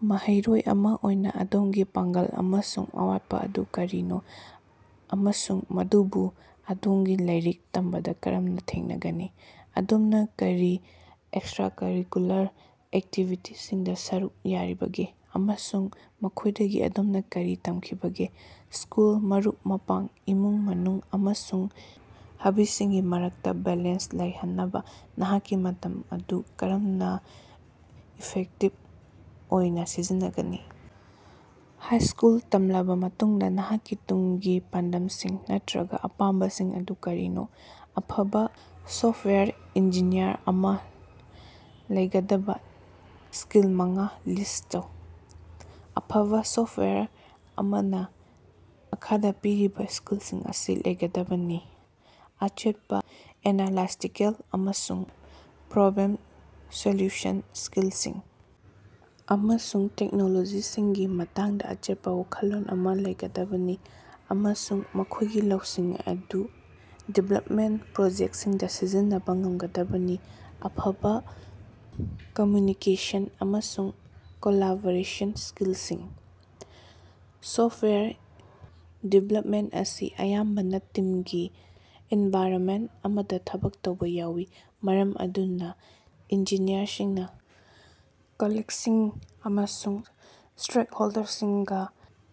ꯃꯍꯩꯔꯣꯏ ꯑꯃ ꯑꯣꯏꯅ ꯑꯗꯣꯝꯒꯤ ꯄꯥꯡꯒꯜ ꯑꯃꯁꯨꯡ ꯑꯋꯥꯠꯄ ꯑꯗꯨ ꯀꯔꯤꯅꯣ, ꯑꯃꯁꯨꯡ ꯃꯗꯨꯕꯨ ꯑꯗꯣꯝꯒꯤ ꯂꯩꯔꯤꯛ ꯇꯝꯕꯗ ꯀꯔꯝꯅ ꯊꯦꯡꯅꯒꯅꯤ? ꯑꯗꯣꯝꯅ ꯀꯔꯤ ꯑꯦꯛꯁꯇ꯭ꯔꯥꯀꯔꯤꯀꯨꯂꯔ ꯑꯦꯛꯇꯤꯕꯤꯇꯤꯁꯤꯡꯗ ꯁꯔꯨꯛ ꯌꯥꯔꯤꯕꯒꯦ ꯑꯃꯁꯨꯡ ꯃꯈꯣꯏꯗꯒꯤ ꯑꯗꯣꯝꯅ ꯀꯔꯤ ꯇꯝꯈꯤꯕꯒꯦ? ꯁ꯭ꯀꯨꯜ, ꯃꯔꯨꯞ-ꯃꯄꯥꯡ, ꯏꯃꯨꯡ-ꯃꯅꯨꯡ ꯑꯃꯁꯨꯡ ꯍꯕꯤꯁꯤꯡꯒꯤ ꯃꯔꯛꯇ ꯕꯦꯂꯦꯟꯁ ꯂꯩꯍꯟꯅꯕ ꯅꯍꯥꯛꯀꯤ ꯃꯇꯝ ꯑꯗꯨ ꯀꯔꯝꯅ ꯏꯐꯦꯛꯇꯤꯕ ꯑꯣꯏꯅ ꯁꯤꯖꯤꯟꯅꯒꯅꯤ? ꯍꯥꯏꯁ꯭ꯀꯨꯜ ꯇꯝꯂꯕ ꯃꯇꯨꯡꯗ ꯅꯍꯥꯛꯀꯤ ꯇꯨꯡꯒꯤ ꯄꯥꯟꯗꯝꯁꯤꯡ ꯅꯠꯇ꯭ꯔꯒ ꯑꯄꯥꯝꯕꯁꯤꯡ ꯑꯗꯨ ꯀꯔꯤꯅꯣ? ꯑꯐꯕ ꯁꯣꯐꯋꯥꯌꯔ ꯏꯟꯖꯤꯅꯤꯌꯔ ꯑꯃ ꯂꯩꯒꯗꯕ ꯁ꯭ꯀꯤꯜ ꯃꯉꯥ ꯂꯤꯁ ꯇꯧ꯫ ꯑꯐꯕ ꯁꯣꯐꯋꯥꯌꯔ ꯑꯃꯅ ꯃꯈꯥꯗ ꯄꯤꯔꯤꯕ ꯁ꯭ꯀꯤꯜꯁꯤꯡ ꯑꯁꯤ ꯂꯩꯒꯗꯕꯅꯤ: ꯑꯆꯦꯠꯄ ꯑꯦꯅꯥꯂꯥꯏꯇꯤꯀꯦꯜ ꯑꯃꯁꯨꯡ ꯄ꯭ꯔꯣꯕ꯭ꯂꯦꯝ-ꯁꯣꯜꯌꯨꯁꯟ ꯁ꯭ꯀꯜꯁꯤꯡ: ꯑꯃꯁꯨꯡ ꯇꯦꯛꯅꯣꯂꯣꯖꯤꯁꯤꯡꯒꯤ ꯃꯇꯥꯡꯗ ꯑꯆꯦꯠꯄ ꯋꯥꯈꯜꯂꯣꯟ ꯑꯃ ꯂꯩꯒꯗꯕꯅꯤ, ꯑꯃꯁꯨꯡ ꯃꯈꯣꯏꯒꯤ ꯂꯧꯁꯤꯡ ꯑꯗꯨ ꯗꯤꯕꯂꯞꯃꯦꯟ ꯄ꯭ꯔꯣꯖꯦꯛꯁꯤꯡꯗ ꯁꯤꯖꯤꯟꯅꯕ ꯉꯝꯒꯗꯕꯅꯤ꯫ ꯑꯐꯕ ꯀꯝꯃꯨꯅꯤꯀꯦꯁꯟ ꯑꯃꯁꯨꯡ ꯀꯣꯂꯥꯕꯣꯔꯦꯁꯟ ꯁ꯭ꯀꯤꯜꯁꯤꯡ: ꯁꯣꯐꯋꯥꯌꯔ ꯗꯤꯚꯂꯞꯃꯦꯟ ꯑꯁꯤ ꯑꯌꯥꯝꯕꯅ ꯇꯤꯝꯒꯤ ꯑꯦꯟꯚꯥꯏꯔꯣꯃꯦꯟ ꯑꯃꯗ ꯊꯕꯛ ꯇꯧꯕ ꯌꯥꯎꯏ, ꯃꯔꯝ ꯑꯗꯨꯅ ꯏꯟꯖꯤꯅꯤꯌꯔꯁꯤꯡꯅ ꯀꯣꯂꯤꯛꯁꯤꯡ ꯑꯃꯁꯨꯡ ꯁ꯭ꯇꯔꯦꯛꯍꯣꯜꯗꯔꯁꯤꯡꯒ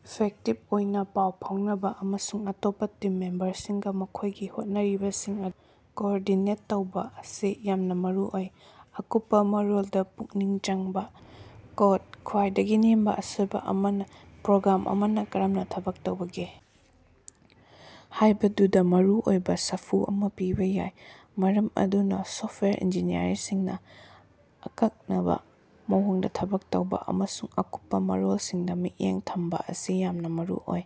ꯏꯐꯦꯛꯇꯤꯕ ꯑꯣꯏꯅ ꯄꯥꯎ ꯐꯥꯎꯅꯕ, ꯑꯃꯁꯨꯡ ꯑꯇꯣꯞꯄ ꯇꯤꯝ ꯃꯦꯝꯕꯔꯁꯤꯡꯒ ꯃꯈꯣꯏꯒꯤ ꯍꯣꯠꯅꯔꯤꯕꯁꯤꯡ ꯑꯠ ꯀꯣꯑꯣꯔꯗꯤꯅꯦꯠ ꯇꯧꯕ ꯑꯁꯤ ꯌꯥꯝꯅ ꯃꯔꯨꯑꯣꯏ꯫ ꯑꯀꯨꯞꯄ ꯃꯔꯣꯜꯗ ꯄꯨꯛꯅꯤꯡ ꯆꯪꯕ: ꯀꯣꯗ ꯈ꯭ꯋꯥꯏꯗꯒꯤ ꯅꯦꯝꯕ ꯑꯁꯣꯏꯕ ꯑꯃꯅ ꯄ꯭ꯔꯣꯒ꯭ꯔꯥꯝ ꯑꯃꯅ ꯀꯔꯝꯅ ꯊꯕꯛ ꯇꯧꯕꯒꯦ ꯍꯥꯏꯕꯗꯨꯗ ꯃꯔꯨꯑꯣꯏꯕ ꯁꯥꯐꯨ ꯑꯃ ꯄꯤꯕ ꯌꯥꯏ, ꯃꯔꯝ ꯑꯗꯨꯅ ꯁꯣꯐꯋꯦꯌꯔ ꯏꯟꯖꯤꯅꯤꯌꯔꯁꯤꯡꯅ ꯑꯀꯛꯅꯕ ꯃꯑꯣꯡꯗ ꯊꯕꯛ ꯇꯧꯕ ꯑꯃꯁꯨꯡ ꯑꯀꯨꯞꯄ ꯃꯔꯣꯜꯁꯤꯡꯗ ꯃꯤꯠꯌꯦꯡ ꯊꯝꯕ ꯑꯁꯤ ꯌꯥꯝꯅ ꯃꯔꯨꯑꯣꯏ꯫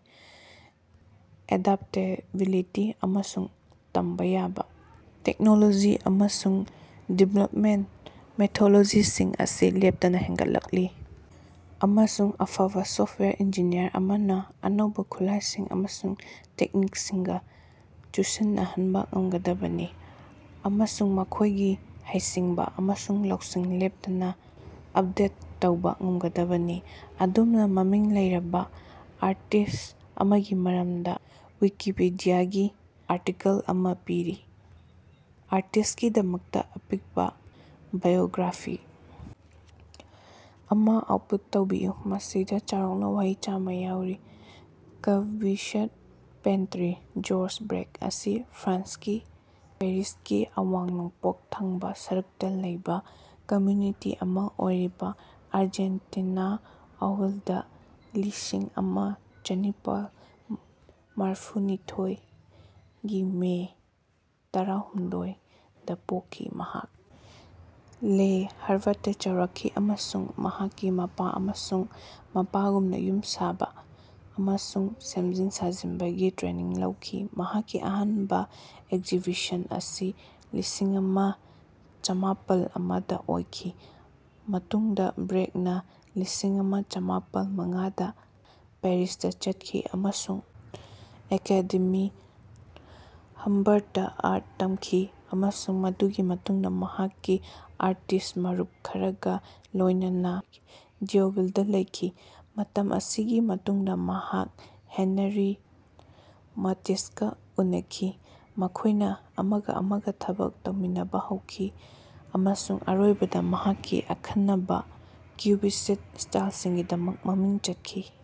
ꯑꯦꯗꯥꯞꯇꯦꯕꯤꯂꯤꯇꯤ ꯑꯃꯁꯨꯡ ꯇꯝꯕ ꯌꯥꯕ: ꯇꯦꯛꯅꯣꯂꯣꯖꯤ ꯑꯃꯁꯨꯡ ꯗꯤꯕꯂꯞꯃꯦꯟ ꯃꯦꯊꯣꯂꯣꯖꯤꯁꯤꯡ ꯑꯁꯤ ꯂꯦꯞꯇꯅ ꯍꯦꯟꯒꯠꯂꯛꯂꯤ, ꯑꯃꯁꯨꯡ ꯑꯐꯕ ꯁꯣꯐꯋꯦꯌꯔ ꯏꯟꯖꯤꯅꯤꯌꯔ ꯑꯃꯅ ꯑꯅꯧꯕ ꯈꯨꯠꯂꯥꯏꯁꯤꯡ ꯑꯃꯁꯨꯡ ꯇꯦꯛꯅꯤꯛꯁꯤꯡꯒ ꯆꯨꯁꯤꯟꯅꯍꯟꯕ ꯉꯝꯒꯗꯕꯅꯤ, ꯑꯃꯁꯨꯡ ꯃꯈꯣꯏꯒꯤ ꯍꯩꯁꯤꯡꯕ ꯑꯃꯁꯨꯡ ꯂꯧꯁꯤꯡ ꯂꯦꯞꯇꯅ ꯑꯞꯗꯦꯠ ꯇꯧꯕ ꯉꯝꯒꯗꯕꯅꯤ꯫ ꯑꯗꯣꯝꯅ ꯃꯃꯤꯡ ꯂꯩꯔꯕ ꯑꯥꯔꯇꯤꯁ ꯑꯃꯒꯤ ꯃꯔꯝꯗ ꯋꯤꯀꯤꯄꯤꯗꯤꯌꯥꯒꯤ ꯑꯥꯔꯇꯤꯀꯜ ꯑꯃ ꯄꯤꯔꯤ꯫ ꯑꯥꯔꯇꯤꯁꯀꯤꯗꯃꯛꯇ ꯑꯄꯤꯛꯄ ꯕꯥꯏꯑꯣꯒ꯭ꯔꯥꯐꯤ ꯑꯃ ꯑꯥꯎꯠꯄꯨꯠ ꯇꯧꯕꯤꯌꯨ, ꯃꯁꯤꯗ ꯆꯥꯎꯔꯥꯛꯅ ꯋꯥꯍꯩ ꯆꯥꯝꯃ ꯌꯥꯎꯔꯤ꯫ ꯀꯕꯤꯁꯠ ꯄꯦꯟꯇ꯭ꯔꯤ ꯖꯣꯔꯖ ꯕ꯭ꯔꯦꯛ ꯑꯁꯤ ꯐ꯭ꯔꯥꯟꯁꯀꯤ ꯄꯦꯔꯤꯁꯀꯤ ꯑꯋꯥꯡ ꯅꯣꯡꯄꯣꯛ ꯊꯪꯕ ꯁꯔꯨꯛꯇ ꯂꯩꯕ ꯀꯝꯃ꯭ꯌꯨꯅꯤꯇꯤ ꯑꯃ ꯑꯣꯏꯔꯤꯕ ꯑꯥꯔꯖꯦꯟꯇꯤꯅꯥꯑꯧꯜꯗ ꯂꯤꯁꯤꯡꯑꯃ ꯆꯥꯅꯤꯄꯥꯜ ꯃꯔꯐꯨꯅꯤꯊꯣꯏ ꯒꯤ ꯃꯦ ꯇꯔꯥꯍꯨꯝꯗꯣꯏ ꯗꯥ ꯄꯣꯛꯈꯤ꯫ ꯃꯍꯥꯛ ꯂꯦ ꯍꯥꯔꯕꯠꯗ ꯆꯥꯎꯔꯛꯈꯤ ꯑꯃꯁꯨꯡ ꯃꯍꯥꯛꯀꯤ ꯃꯄꯥ ꯑꯃꯁꯨꯡ ꯃꯄꯥꯒꯨꯝꯅ ꯌꯨꯝ ꯁꯥꯕ ꯑꯃꯁꯨꯡ ꯁꯦꯝꯖꯤꯟ ꯁꯥꯖꯤꯟꯕꯒꯤ ꯇ꯭ꯔꯦꯅꯤꯡ ꯂꯧꯈꯤ꯫ ꯃꯍꯥꯛꯀꯤ ꯑꯍꯥꯟꯕ ꯑꯦꯛꯖꯤꯕꯤꯁꯟ ꯑꯁꯤ ꯂꯤꯁꯤꯡꯑꯃ ꯆꯝꯃꯥꯄꯜ ꯑꯃ ꯗ ꯑꯣꯏꯈꯤ, ꯃꯇꯨꯡꯗ ꯕ꯭ꯔꯦꯛꯅ ꯂꯤꯁꯤꯡꯑꯃ ꯆꯝꯃꯥꯄꯜ ꯃꯉꯥ ꯗ ꯄꯦꯔꯤꯁꯇ ꯆꯠꯈꯤ ꯑꯃꯁꯨꯡ ꯑꯦꯀꯥꯗꯦꯃꯤ ꯍꯝꯕꯔꯠꯇ ꯑꯥꯔꯠ ꯇꯝꯈꯤ, ꯑꯃꯁꯨꯡ ꯃꯗꯨꯒꯤ ꯃꯇꯨꯡꯗ ꯃꯍꯥꯛꯀꯤ ꯑꯥꯔꯇꯤꯁ ꯃꯔꯨꯞ ꯈꯔꯒ ꯂꯣꯏꯅꯅ ꯗ꯭ꯌꯨꯚꯤꯜꯗ ꯂꯩꯈꯤ꯫ ꯃꯇꯝ ꯑꯁꯤꯒꯤ ꯃꯇꯨꯡꯗ ꯃꯍꯥꯛ ꯍꯦꯅꯔꯤ ꯃꯥꯇꯤꯁꯀ ꯎꯅꯈꯤ, ꯃꯈꯣꯏꯅ ꯑꯃꯒ ꯑꯃꯒ ꯊꯕꯛ ꯇꯧꯃꯤꯟꯅꯕ ꯍꯧꯈꯤ꯫ ꯑꯃꯁꯨꯡ ꯑꯔꯣꯏꯕꯗ ꯃꯍꯥꯛꯀꯤ ꯑꯈꯟꯅꯕ ꯀ꯭ꯌꯨꯕꯤꯁꯤꯠ ꯁ꯭ꯇꯥꯏꯜꯒꯤꯗꯃꯛ ꯃꯃꯤꯡ ꯆꯠꯈꯤ꯫